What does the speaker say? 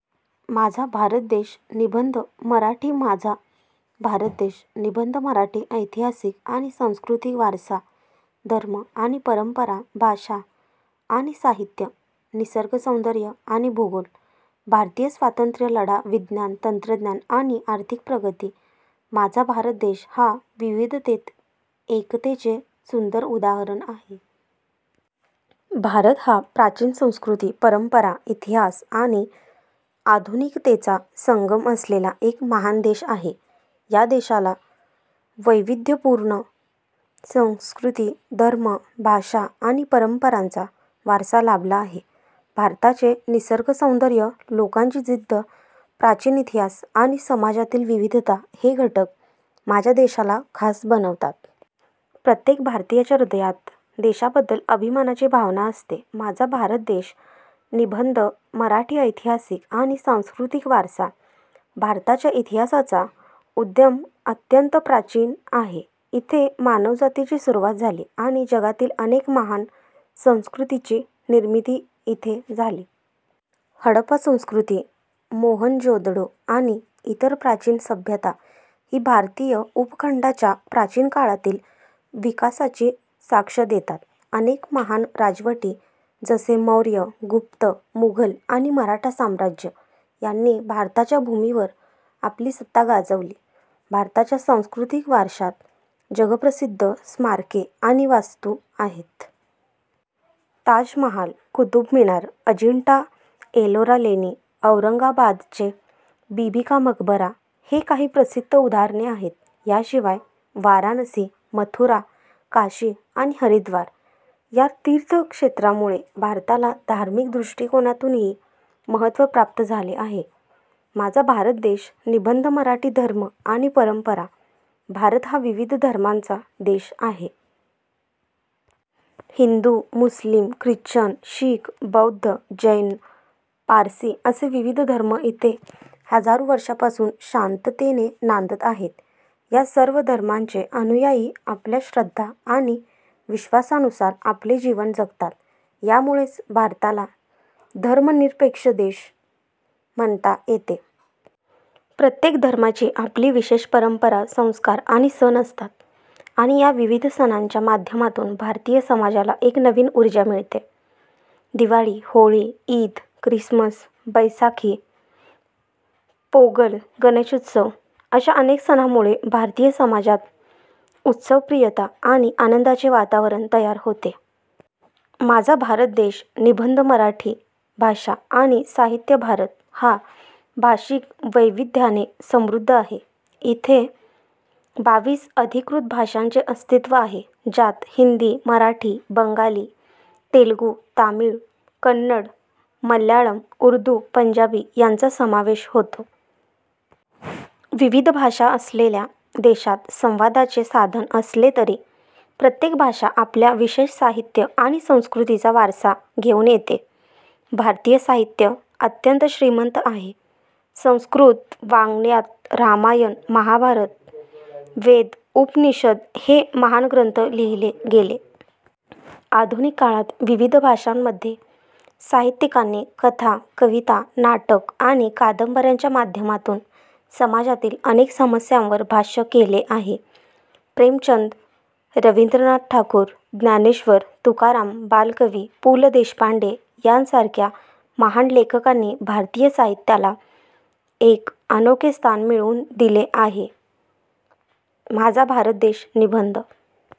माझा भारत देश निबंध मराठी माझा भारत देश निबंध मराठी ऐतिहासिक आणि सांस्कृतिक वारसा धर्म आणि परंपरा भाषा आणि साहित्य निसर्गसौंदर्य आणि भूगोल भारतीय स्वातंत्र्य लढा विज्ञान, तंत्रज्ञान, आणि आर्थिक प्रगती माझा भारत देश हा विविधतेत एकतेचे सुंदर उदाहरण आहे. भारत हा प्राचीन संस्कृती, परंपरा, इतिहास, आणि आधुनिकतेचा संगम असलेला एक महान देश आहे. या देशाला वैविध्यपूर्ण संस्कृती, धर्म, भाषा, आणि परंपरांचा वारसा लाभला आहे. भारताचे निसर्गसौंदर्य, लोकांची जिद्द, प्राचीन इतिहास, आणि समाजातील विविधता हे घटक माझ्या देशाला खास बनवतात. प्रत्येक भारतीयाच्या हृदयात देशाबद्दल अभिमानाची भावना असते. माझा भारत देश निबंध मराठी ऐतिहासिक आणि सांस्कृतिक वारसा भारताच्या इतिहासाचा उद्गम अत्यंत प्राचीन आहे. इथे मानवजातीची सुरुवात झाली, आणि जगातील अनेक महान संस्कृतींची निर्मिती इथे झाली. हडप्पा संस्कृती, मोहनजोदडो, आणि इतर प्राचीन सभ्यता ही भारतीय उपखंडाच्या प्राचीन काळातील विकासाची साक्ष देतात. अनेक महान राजवटी, जसे मौर्य, गुप्त, मुघल, आणि मराठा साम्राज्य, यांनी भारताच्या भूमीवर आपली सत्ता गाजवली. भारताच्या सांस्कृतिक वारशात जगप्रसिद्ध स्मारके आणि वास्तू आहेत. ताजमहाल, कुतुब मिनार, अजिंठा एलोरा लेणी, औरंगाबादचे बीबी का मकबरा हे काही प्रसिद्ध उदाहरणे आहेत. याशिवाय, वाराणसी, मथुरा, काशी, आणि हरिद्वार या तीर्थक्षेत्रांमुळे भारताला धार्मिक दृष्टिकोनातूनही महत्त्व प्राप्त झाले आहे. माझा भारत देश निबंध मराठी धर्म आणि परंपरा भारत हा विविध धर्मांचा देश आहे. हिंदू, मुस्लिम, ख्रिश्चन, शीख, बौद्ध, जैन, पारसी असे विविध धर्म इथे हजारो वर्षांपासून शांततेने नांदत आहेत. या सर्व धर्मांचे अनुयायी आपल्या श्रद्धा आणि विश्वासानुसार आपले जीवन जगतात. यामुळेच भारताला धर्मनिरपेक्ष देश म्हणता येते. प्रत्येक धर्माची आपली विशेष परंपरा, संस्कार, आणि सण असतात, आणि या विविध सणांच्या माध्यमातून भारतीय समाजाला एक नवीन ऊर्जा मिळते. दिवाळी, होळी, ईद, ख्रिसमस, बैसाखी, पोंगल, गणेशोत्सव अशा अनेक सणांमुळे भारतीय समाजात उत्सवप्रियता आणि आनंदाचे वातावरण तयार होते. माझा भारत देश निबंध मराठी भाषा आणि साहित्य भारत हा भाषिक वैविध्याने समृद्ध आहे. इथे बावीस अधिकृत भाषांचे अस्तित्व आहे, ज्यात हिंदी, मराठी, बंगाली, तेलुगू, तामिळ, कन्नड, मल्याळम, उर्दू, पंजाबी यांचा समावेश होतो. विविध भाषा असलेल्या देशात संवादाचे साधन असले तरी, प्रत्येक भाषा आपल्या विशेष साहित्य आणि संस्कृतीचा वारसा घेऊन येते. भारतीय साहित्य अत्यंत श्रीमंत आहे. संस्कृत वाङ्मयात रामायण, महाभारत, वेद, उपनिषद हे महान ग्रंथ लिहिले गेले. आधुनिक काळात, विविध भाषांमध्ये साहित्यिकांनी कथा, कविता, नाटक, आणि कादंबऱ्यांच्या माध्यमातून समाजातील अनेक समस्यांवर भाष्य केले आहे. प्रेमचंद, रवींद्रनाथ ठाकूर, ज्ञानेश्वर, तुकाराम, बालकवी, पु. ल. देशपांडे यांसारख्या महान लेखकांनी भारतीय साहित्याला एक अनोखे स्थान मिळवून दिले आहे. माझा भारत देश निबंध